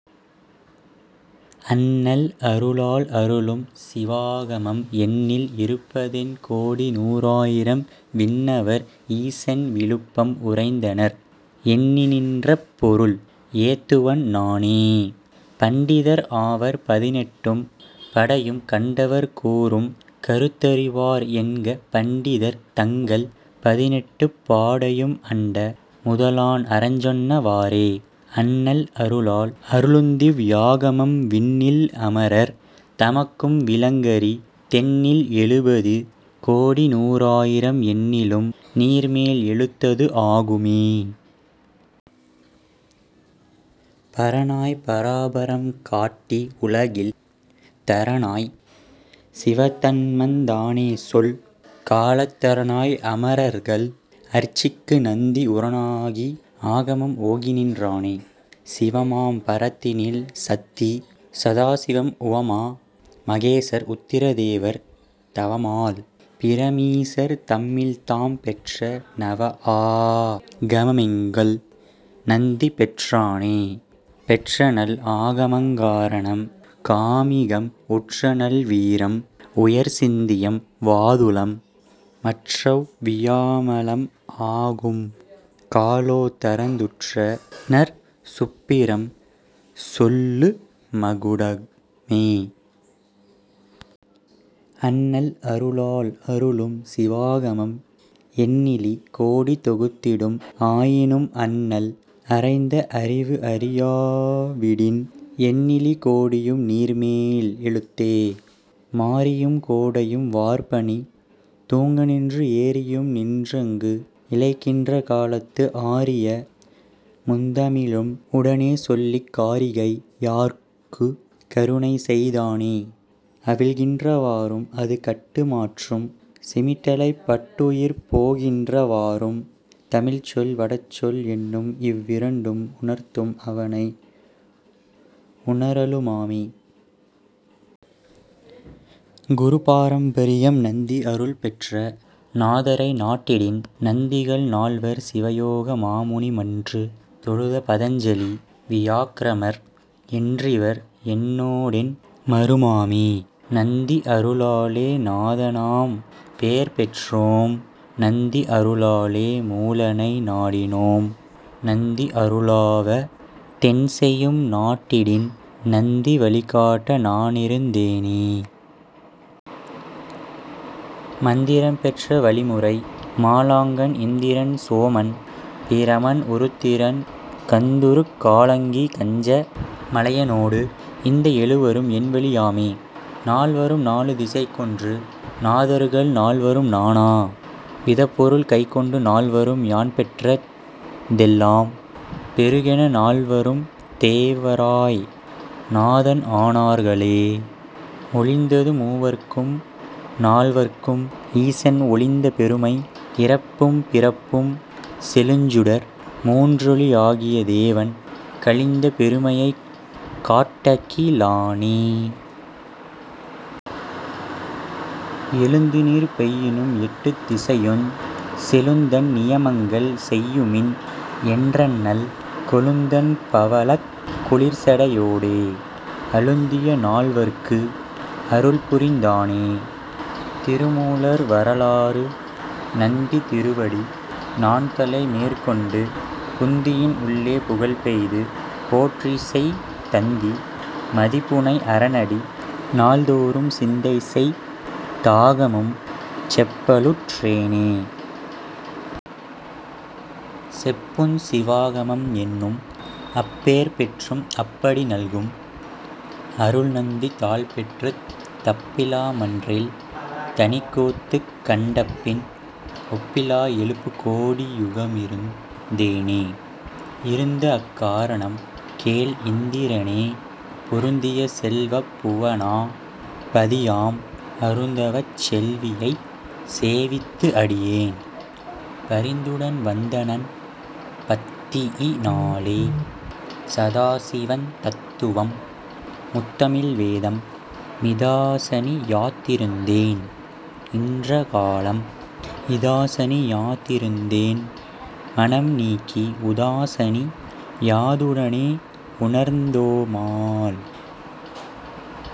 அண்ணல் அருளால் அருளும் சிவாகமம் எண்ணில் இருபத்தெண் கோடிநூ றாயிரம் விண்ணவர் ஈசன் விலுப்பம் உரைந்தனர் எண்ணிநின் றப்பொருள் ஏத்துவன் நானே. பண்டிதர் ஆவர் பதினெட்டும் படையும் கண்டவர் கூறும் கருத்தறி வார்என்க பண்டிதர் தங்கள் பதினெட்டுப் பாடையும் அண்ட முதலான் அறஞ்சொன்ன வாறே. அண்ணல் அருளால் அருளுந்திவ் வியாகமம் விண்ணில் அமரர் தமக்கும் விளங்கரி தெண்ணில் எலுபது கோடிநூ றாயிரம் எண்ணிலும் நீர்மேல் எலுத்தது ஆகுமே. பரனாய் பராபரம் காட்டி உலகில் தரனாய்ச் சிவதன்மந் தானேசொல் காலத் தரனாய் அமரர்கள் அர்ச்சிக்கு நந்தி உரனாகி ஆகமம் ஓகிநின் றானே. சிவமாம் பரத்தினில் சத்தி சதாசிவம் உவமா மகேசர் உத்திர தேவர் தவமால் பிரமீசர் தம்மில்தாம் பெற்ற நவஆ கமமெங்கள் நந்திபெற் றானே. பெற்றநல் ஆகமங் காரணம் காமிகம் உற்றநல் வீரம் உயர்சிந்தியம் வாதுளம் மற்றவ் வியாமளம் ஆகும்கா லோத்தரந் துற்றநற் சுப்பிரம் சொல்லு மகுடமே. அண்ணல் அருளால் அருளும் சிவாகமம் எண்ணிலி கோடி தொகுத்திடும் ஆயினும் அண்ணல் அறைந்த அறிவுஅறி யாவிடின் எண்ணிலி கோடியும் நீர்மேல் எலுத்தே. மாரியும் கோடையும் வார்பனி தூங்கநின்று ஏரியும் நின்றங்கு இளைக்கின்ற காலத்து ஆரிய முந்தமி லும்உட னேசொல்லிக் காரிகை யார்க்குக் கருணைசெய் தானே. அவிழ்கின்ற வாறும் அதுகட்டு மாற்றும் சிமிட்டலைப் பட்டுயிர் போகின்ற வாறும் தமில்ச்சொல் வடசொல் என்னும்இவ் விரண்டும் உணர்த்தும் அவனை உணரலு மாமே... குரு பாரம்பரியம் நந்தி அருள்பெற்ற நாதரை நாடிடின் நந்திகள் நால்வர் சிவயோக மாமுனி மன்று தொழுத பதஞ்சலி வியாக்ரமர் என்றிவர் என்னோ டெண்மரு மாமே. நந்தி அருளாலே நாதனாம் பேர்பெற்றோம் நந்தி அருளாலே மூலனை நாடினோம் நந்தி அருளாவ தென்செயும் நாட்டினில் நந்தி வலிகாட்ட நானிருந் தேனே. மந்திரம் பெற்ற வலிமுறை மாலாங்கன் இந்திரன் சோமன் பிரமன் உருத்திரன் கந்துருக் காலாங்கி கஞ்ச மலையனோடு இந்த எலுவரும் என்வலி யாமே. நால்வரும் நாலு திசைக்கொன்று நாதர்கள் நால்வரும் நானா விதப்பொருள் கைக்கொண்டு நால்வரும் யான்பெற்ற தெல்லாம் பெறுகென நால்வரும் தேவராய் நாதன் ஆனார்களே. மொலிந்தது மூவர்க்கும் நால்வர்க்கும் ஈசன் ஒலிந்த பெருமை இறப்பும் பிறப்பும் செலுஞ்சுடர் மூன்றொளி யாகிய தேவன் கலிந்த பெருமையைக் காட்டகி லானே. எலுந்துநீர் பெய்யினும் எட்டுத் திசையுஞ் செழுந்தண் நியமங்கள் செய்யுமின் என்றண்ணல் கொலுந்தண் பவளக் குளிர்சடை யோடே அலுந்திய நால்வர்க்கு அருள்புரிந் தானே.... திருமூலர் வரலாறு நந்தி திருவடி நான்தலை மேற்கொண்டு புந்தியின் உள்ளே புகல்பெய்து போற்றிசெய் தந்தி மதிபுனை அரனடி நாள்தொறும் சிந்தைசெய் தாகமம் செப்பலுற் றேனே. செப்புஞ் சிவாகமம் என்னும்அப் பேர்பெற்றும் அப்படி நல்கும் அருள்நந்தி தாள்பெற்றுத் தப்பிலா மன்றில் தனிக்கூத்துக் கண்டபின் ஒப்பிலா எலுகோடி யுகமிருந் தேனே. இருந்தஅக் காரணம் கேள்இந் திரனே பொருந்திய செல்வப் புவனா பதியாம் அருந்தவச் செல்வியைச் சேவித்து அடியேன் பரிந்துடன் வந்தனன் பத்தியி னாலே. சதாசிவந் தத்துவம் முத்தமிழ் வேதம் மிதாசனி யாதிருந் தேன்இன்ற காலம் இதாசனி யாதிருந் தேன்மனம் நீங்கி உதாசனி யாதுடனே உணர்ந் தோமால்.